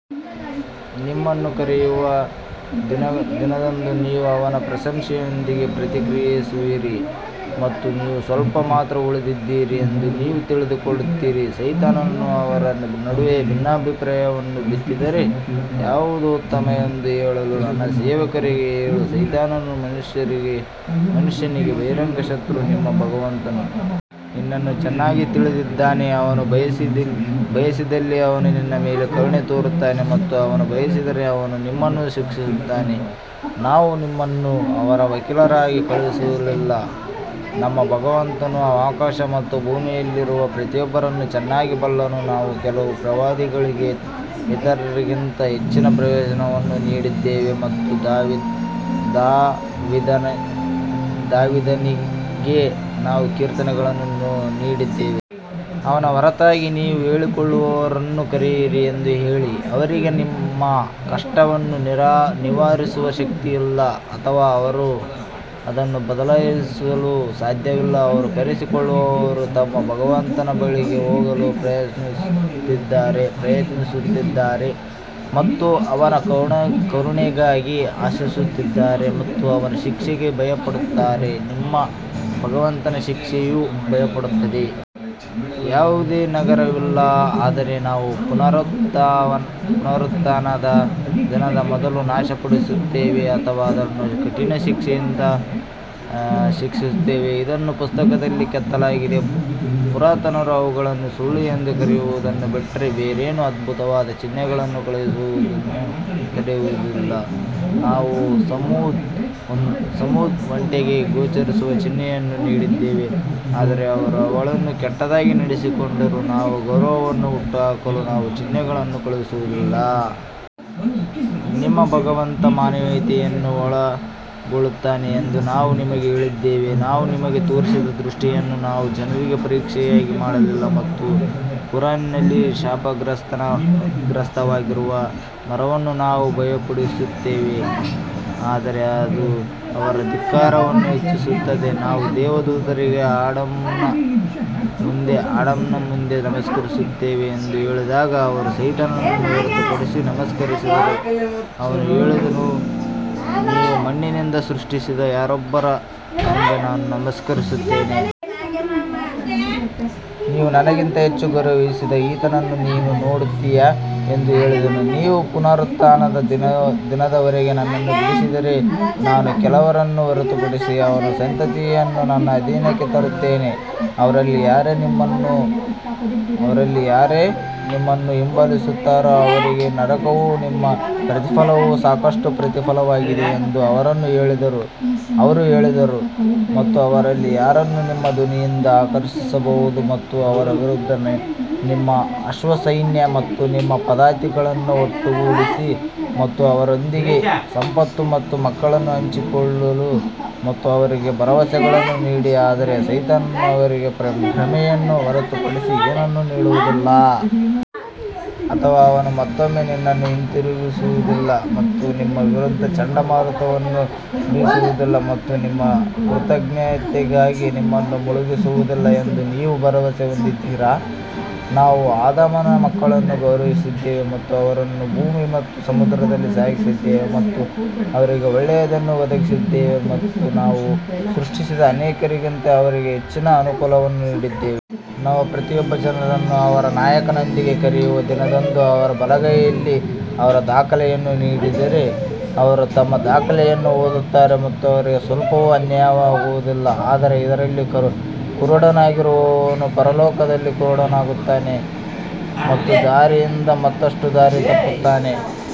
ನಿಮ್ಮನ್ನು ಕರೆಯುವ ದಿನದಂದು ನೀವು ಅವನ ಪ್ರಶಂಸೆಯೊಂದಿಗೆ ಪ್ರತಿಕ್ರಿಯಿಸುವಿರಿ ಮತ್ತು ನೀವು ಸ್ವಲ್ಪ ಮಾತ್ರ ಉಳಿದಿದ್ದೀರಿ ಎಂದು ನೀವು ತಿಳಿದುಕೊಳ್ಳುತ್ತೀರಿ ಸೈತಾನನು ಅವರ ನಡುವೆ ಭಿನ್ನಾಭಿಪ್ರಾಯವನ್ನು ಬಿತ್ತಿದರೆ ಯಾವುದು ಉತ್ತಮ ಎಂದು ಹೇಳಲು ನನ್ನ ಸೇವಕರಿಗೆ ಹೇಳು ಸೈತಾನನು ಮನುಷ್ಯನಿಗೆ ಬಹಿರಂಗ ಶತ್ರು ನಿಮ್ಮ ಭಗವಂತನು ನಿನ್ನನ್ನು ಚೆನ್ನಾಗಿ ತಿಳಿದಿದ್ದಾನೆ ಅವನು ಬಯಸಿದಲ್ಲಿ ಅವನು ನಿನ್ನ ಮೇಲೆ ಕರುಣೆ ತೋರುತ್ತಾನೆ ಮತ್ತು ಅವನು ಬಯಸಿದರೆ ಅವನು ನಿಮ್ಮನ್ನು ಶಿಕ್ಷಿಸುತ್ತಾನೆ ನಾವು ನಿಮ್ಮನ್ನು ಅವರ ವಕೀಲರಾಗಿ ಕಳುಹಿಸಲಿಲ್ಲ ನಿಮ್ಮ ಭಗವಂತನು ಆಕಾಶ ಮತ್ತು ಭೂಮಿಯಲ್ಲಿರುವ ಪ್ರತಿಯೊಬ್ಬರನ್ನು ಚೆನ್ನಾಗಿ ಬಲ್ಲನು, ನಾವು ಕೆಲವು ಪ್ರವಾದಿಗಳಿಗೆ ಇತರರಿಗಿಂತ ಹೆಚ್ಚಿನ ಪ್ರಯೋಜನವನ್ನು ನೀಡಿದ್ದೇವೆ ಮತ್ತು ದಾವೀದನಿಗೆ ನಾವು ಕೀರ್ತನೆಗಳನ್ನು ನೀಡಿದ್ದೇವೆ. ಅವನ ಹೊರತಾಗಿ ನೀವು ಹೇಳಿಕೊಳ್ಳುವವರನ್ನು ಕರೆಯಿರಿ ಎಂದು ಹೇಳಿ, ಅವರಿಗೆ ನಿಮ್ಮ ಕಷ್ಟವನ್ನು ನಿವಾರಿಸುವ ಶಕ್ತಿಯಿಲ್ಲ ಅಥವಾ ಅವರು ಅದನ್ನು ಬದಲಾಯಿಸಲು ಸಾಧ್ಯವಿಲ್ಲ ಅವರು ಕರೆಸಿಕೊಳ್ಳುವವರು ತಮ್ಮ ಭಗವಂತನ ಬಳಿಗೆ ಹೋಗಲು ಪ್ರಯತ್ನಿಸುತ್ತಿದ್ದಾರೆ ಮತ್ತು ಅವನ ಕರುಣೆಗಾಗಿ ಆಶಿಸುತ್ತಿದ್ದಾರೆ ಮತ್ತು ಅವನ ಶಿಕ್ಷೆಗೆ ಭಯಪಡುತ್ತಾರೆ ನಿಮ್ಮ ಭಗವಂತನ ಶಿಕ್ಷೆಯು ಭಯಪಡುತ್ತದೆ. ಯಾವುದೇ ನಗರವಿಲ್ಲ ಆದರೆ ನಾವು ಪುನರುತ್ಥಾನದ ದಿನದ ಮೊದಲು ನಾಶಪಡಿಸುತ್ತೇವೆ ಅಥವಾ ಅದನ್ನು ಕಠಿಣ ಶಿಕ್ಷೆಯಿಂದ ಶಿಕ್ಷಿಸುತ್ತೇವೆ ಇದನ್ನು ಪುಸ್ತಕದಲ್ಲಿ ಕೆತ್ತಲಾಗಿದೆ ಪುರಾತನರು ಅವುಗಳನ್ನು ಸುಳ್ಳು ಎಂದು ಕರೆಯುವುದನ್ನು ಬಿಟ್ಟರೆ ಬೇರೇನೂ ಅದ್ಭುತವಾದ ಚಿಹ್ನೆಗಳನ್ನು ಕಳುಹಿಸುವುದನ್ನು ತಡೆಯುವುದಿಲ್ಲ, ನಾವು ಸಮೂದ್ ಒಂಟೆಗೆ ಗೋಚರಿಸುವ ಚಿಹ್ನೆಯನ್ನು ನೀಡಿದ್ದೇವೆ ಆದರೆ ಅವರು ಅವಳನ್ನು ಕೆಟ್ಟದಾಗಿ ನಡೆಸಿಕೊಂಡರು ನಾವು ಗೌರವವನ್ನು ಹುಟ್ಟುಹಾಕಲು ನಾವು ಚಿಹ್ನೆಗಳನ್ನು ಕಳುಹಿಸುವುದಿಲ್ಲ. ನಿಮ್ಮ ಭಗವಂತ ಮಾನವೀಯತೆಯನ್ನು ಒಳಗೊಳ್ಳುತ್ತಾನೆ ಎಂದು ನಾವು ನಿಮಗೆ ಹೇಳಿದ್ದೇವೆ, ನಾವು ನಿಮಗೆ ತೋರಿಸಿದ ದೃಷ್ಟಿಯನ್ನು ನಾವು ಜನರಿಗೆ ಪರೀಕ್ಷೆಯಾಗಿ ಮಾಡಲಿಲ್ಲ ಮತ್ತು ಕುರಾನ್ನಲ್ಲಿ ಶಾಪಗ್ರಸ್ತವಾಗಿರುವ ಮರವನ್ನು ನಾವು ಭಯಪಡಿಸುತ್ತೇವೆ ಆದರೆ ಅದು ಅವರ ಧಿಕ್ಕಾರವನ್ನು ಹೆಚ್ಚಿಸುತ್ತದೆ. ನಾವು ದೇವದೂತರಿಗೆ ಆಡಮ್ನ ಮುಂದೆ ನಮಸ್ಕರಿಸುತ್ತೇವೆ ಎಂದು ಹೇಳಿದಾಗ ಅವರು ಸೈತಾನನನ್ನು ಹೊರತುಪಡಿಸಿ ನಮಸ್ಕರಿಸಿದರು ಅವನು ಹೇಳಿದನು ನೀವು ಮಣ್ಣಿನಿಂದ ಸೃಷ್ಟಿಸಿದ ಯಾರೊಬ್ಬರ ಮುಂದೆ ನಾನು ನಮಸ್ಕರಿಸುತ್ತೇನೆ. ನೀವು ನನಗಿಂತ ಹೆಚ್ಚು ಗೌರವಿಸಿದ ಈತನನ್ನು ನೀನು ನೋಡುತ್ತೀಯಾ ಎಂದು ಹೇಳಿದನು, ನೀವು ಪುನರುತ್ಥಾನದ ದಿನದವರೆಗೆ ನನ್ನನ್ನು ಬಿಡಿಸಿದರೆ ನಾನು ಕೆಲವರನ್ನು ಹೊರತುಪಡಿಸಿ ಅವನ ಸಂತತಿಯನ್ನು ನನ್ನ ಅಧೀನಕ್ಕೆ ತರುತ್ತೇನೆ. ಅವರಲ್ಲಿ ಯಾರೇ ನಿಮ್ಮನ್ನು ಹಿಂಬಾಲಿಸುತ್ತಾರೋ ಅವರಿಗೆ ನರಕವು ನಿಮ್ಮ ಪ್ರತಿಫಲವು ಸಾಕಷ್ಟು ಪ್ರತಿಫಲವಾಗಿದೆ ಎಂದು ಅವರು ಹೇಳಿದರು ಮತ್ತು ಅವರಲ್ಲಿ ಯಾರನ್ನು ನಿಮ್ಮ ಧ್ವನಿಯಿಂದ ಆಕರ್ಷಿಸಬಹುದು ಮತ್ತು ಅವರ ವಿರುದ್ಧ ನಿಮ್ಮ ಅಶ್ವಸೈನ್ಯ ಮತ್ತು ನಿಮ್ಮ ಪದಾತಿಗಳನ್ನು ಒಟ್ಟುಗೂಡಿಸಿ ಮತ್ತು ಅವರೊಂದಿಗೆ ಸಂಪತ್ತು ಮತ್ತು ಮಕ್ಕಳನ್ನು ಹಂಚಿಕೊಳ್ಳಲು ಮತ್ತು ಅವರಿಗೆ ಭರವಸೆಗಳನ್ನು ನೀಡಿ ಆದರೆ ಸೈತಾನನು ಅವರಿಗೆ ಭ್ರಮೆಯನ್ನು ಹೊರತುಪಡಿಸಿ ಏನನ್ನೂ ನೀಡುವುದಿಲ್ಲ. ಅಥವಾ ಅವನು ಮತ್ತೊಮ್ಮೆ ನಿನ್ನನ್ನು ಹಿಂತಿರುಗಿಸುವುದಿಲ್ಲ ಮತ್ತು ನಿಮ್ಮ ವಿರುದ್ಧ ಚಂಡಮಾರುತವನ್ನು ಬೀಸುವುದಿಲ್ಲ ಮತ್ತು ನಿಮ್ಮ ಕೃತಘ್ನತೆಗಾಗಿ ನಿಮ್ಮನ್ನು ಮುಳುಗಿಸುವುದಿಲ್ಲ ಎಂದು ನೀವು ಭರವಸೆ ಹೊಂದಿದ್ದೀರಾ? ನಾವು ಆದಾಮನ ಮಕ್ಕಳನ್ನು ಗೌರವಿಸಿದ್ದೇವೆ ಮತ್ತು ಅವರನ್ನು ಭೂಮಿ ಮತ್ತು ಸಮುದ್ರದಲ್ಲಿ ಸಾಗಿಸಿದ್ದೇವೆ ಮತ್ತು ಅವರಿಗೆ ಒಳ್ಳೆಯದನ್ನು ಒದಗಿಸಿದ್ದೇವೆ ಮತ್ತು ನಾವು ಸೃಷ್ಟಿಸಿದ ಅನೇಕರಿಗಿಂತ ಅವರಿಗೆ ಹೆಚ್ಚಿನ ಅನುಕೂಲವನ್ನು ನೀಡಿದ್ದೇವೆ. ನಾವು ಪ್ರತಿಯೊಬ್ಬ ಜನರನ್ನು ಅವರ ನಾಯಕನೊಂದಿಗೆ ಕರೆಯುವ ದಿನದಂದು ಅವರ ಬಲಗೈಯಲ್ಲಿ ಅವರ ದಾಖಲೆಯನ್ನು ನೀಡಿದರೆ ಅವರು ತಮ್ಮ ದಾಖಲೆಯನ್ನು ಓದುತ್ತಾರೆ ಮತ್ತು ಅವರಿಗೆ ಸ್ವಲ್ಪವೂ ಅನ್ಯಾಯವಾಗುವುದಿಲ್ಲ. ಆದರೆ ಇದರಲ್ಲಿ ಕುರುಡನಾಗಿರುವವನು ಪರಲೋಕದಲ್ಲಿ ಕುರುಡನಾಗುತ್ತಾನೆ ಮತ್ತು ದಾರಿಯಿಂದ ಮತ್ತಷ್ಟು ದಾರಿ ತಪ್ಪುತ್ತಾನೆ.